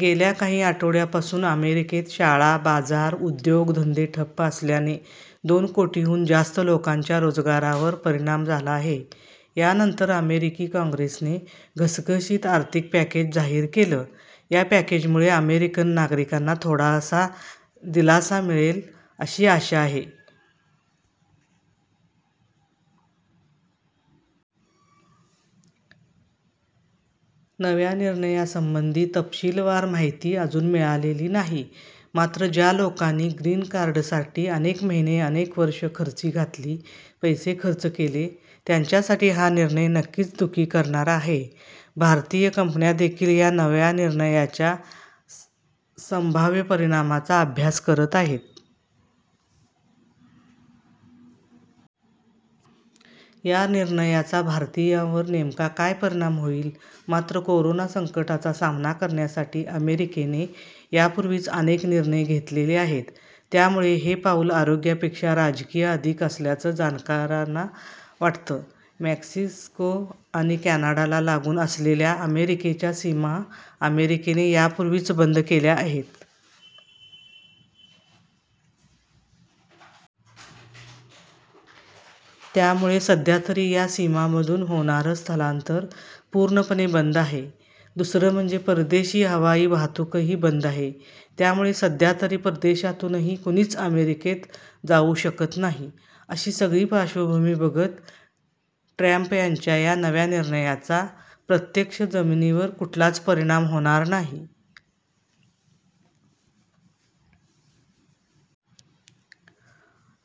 गेल्या काही आठवड्यांपासून अमेरिकेत शाळा, बाजार, उद्योग-धंदे ठप्प असल्याने दोन कोटींहून जास्त लोकांच्या रोजगारावर परिणाम झाला आहे. यानंतर अमेरिकी काँग्रेसने घसघशीत आर्थिक पॅकेज जाहीर केलं. या पॅकेजमुळे अमेरिकन नागरिकांना थोडा दिलासा मिळेल, अशी आशा आहे. नव्या निर्णयासंबंधी तपशीलवार माहिती अजून मिळालेली नाही. मात्र, ज्या लोकांनी ग्रीन कार्डसाठी अनेक महिने, अनेक वर्ष खर्ची घातली, पैसे खर्च केले त्यांच्यासाठी हा निर्णय नक्कीच दुःखी करणारा आहे. भारतीय कंपन्यांदेखील या नव्या निर्णयाच्या संभाव्य परिणामांचा अभ्यास करत आहेत. या निर्णयाचा भारतीयांवर नेमका काय परिणाम होईल. मात्र कोरोना संकटाचा सामना करण्यासाठी अमेरिकेने यापूर्वीच अनेक निर्णय घेतलेले आहेत. त्यामुळे हे पाऊल आरोग्यापेक्षा राजकीय अधिक असल्याचं जाणकारांना वाटतं. मॅक्सिको आणि कॅनाडाला लागून असलेल्या अमेरिकेच्या सीमा अमेरिकेने यापूर्वीच बंद केल्या आहेत. त्यामुळे सध्यातरी या सीमांमधून होणारं स्थलांतर पूर्णपणे बंद आहे. दुसरं म्हणजे परदेशी हवाई वाहतूकही बंद आहे. त्यामुळे सध्यातरी परदेशातूनही कुणीच अमेरिकेत जाऊ शकत नाही. अशी सगळी पार्श्वभूमी बघता ट्रंप यांच्या या नव्या निर्णयाचा प्रत्यक्ष जमिनीवर कुठलाच परिणाम होणार नाही.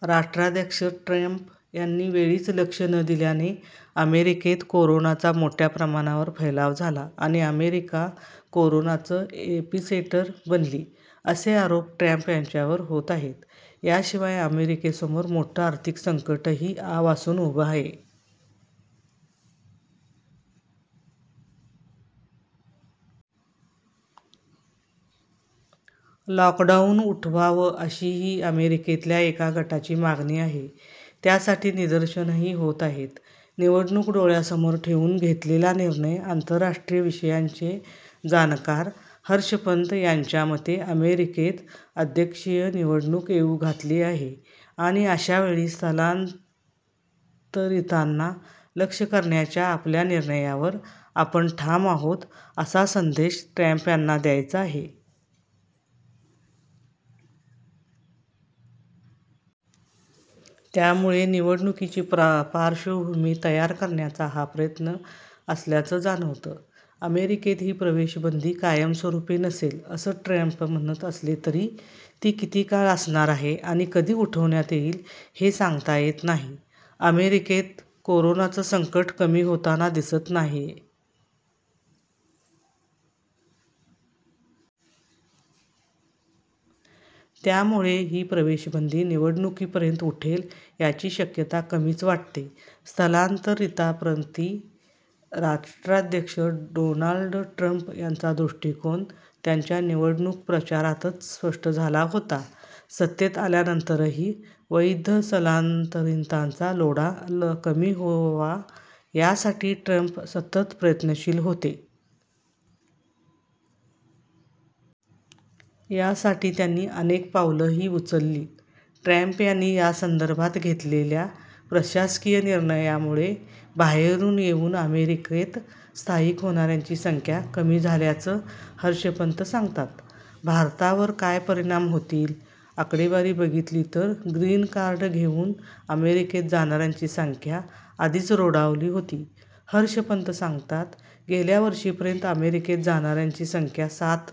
राष्ट्राध्यक्ष ट्रंप यांनी वेळीच लक्ष न दिल्याने अमेरिकेत कोरोनाचा मोठ्या प्रमाणावर फैलाव झाला आणि अमेरिका कोरोनाचं एपिसेंटर बनली, असे आरोप ट्रंप यांच्यावर होत आहेत. याशिवाय अमेरिकेसमोर मोठं आर्थिक संकटही आ वासून उभं आहे. लॉकडाऊन उठवावं, अशीही अमेरिकेतल्या एका गटाची मागणी आहे. त्यासाठी निदर्शनंही होत आहेत. निवडणूक डोळ्यासमोर ठेवून घेतलेला निर्णय? आंतरराष्ट्रीय विषयांचे जाणकार हर्ष पंत यांच्या मते अमेरिकेत अध्यक्षीय निवडणूक येऊ घातली आहे आणि अशावेळी स्थलांतरितांना लक्ष्य करण्याच्या आपल्या निर्णयावर आपण ठाम आहोत, असा संदेश ट्रंप यांना द्यायचा आहे. त्यामुळे निवडणुकीची पार्श्वभूमी तयार करण्याचा हा प्रयत्न असल्याचं जाणवतं. अमेरिकेत ही प्रवेशबंदी कायमस्वरुपी नसेल, असं ट्रंप म्हणत असले तरी ती किती काळ असणार आहे आणि कधी उठवण्यात येईल, हे सांगता येत नाही. अमेरिकेत कोरोनाचं संकट कमी होताना दिसत नाहीय. त्यामुळे ही प्रवेशबंदी निवडणुकीपर्यंत उठेल, याची शक्यता कमीच वाटते. स्थलांतरितांप्रती राष्ट्राध्यक्ष डोनाल्ड ट्रंप यांचा दृष्टीकोन त्यांच्या निवडणूक प्रचारातच स्पष्ट झाला होता. सत्तेत आल्यानंतरही वैध स्थलांतरितांचा लोंढा कमी व्हावा, यासाठी ट्रंप सतत प्रयत्नशील होते. यासाठी त्यांनी अनेक पावलंही उचलली. ट्रंप यांनी यासंदर्भात घेतलेल्या प्रशासकीय निर्णयांमुळे बाहेरून येऊन अमेरिकेत स्थायिक होणाऱ्यांची संख्या कमी झाल्याचं हर्ष पंत सांगतात. भारतावर काय परिणाम होतील? आकडेवारी बघितली तर ग्रीन कार्ड घेऊन अमेरिकेत जाणाऱ्यांची संख्या आधीच रोडावली होती. हर्ष पंत सांगतात गेल्यावर्षीपर्यंत अमेरिकेत जाणाऱ्यांची संख्या सात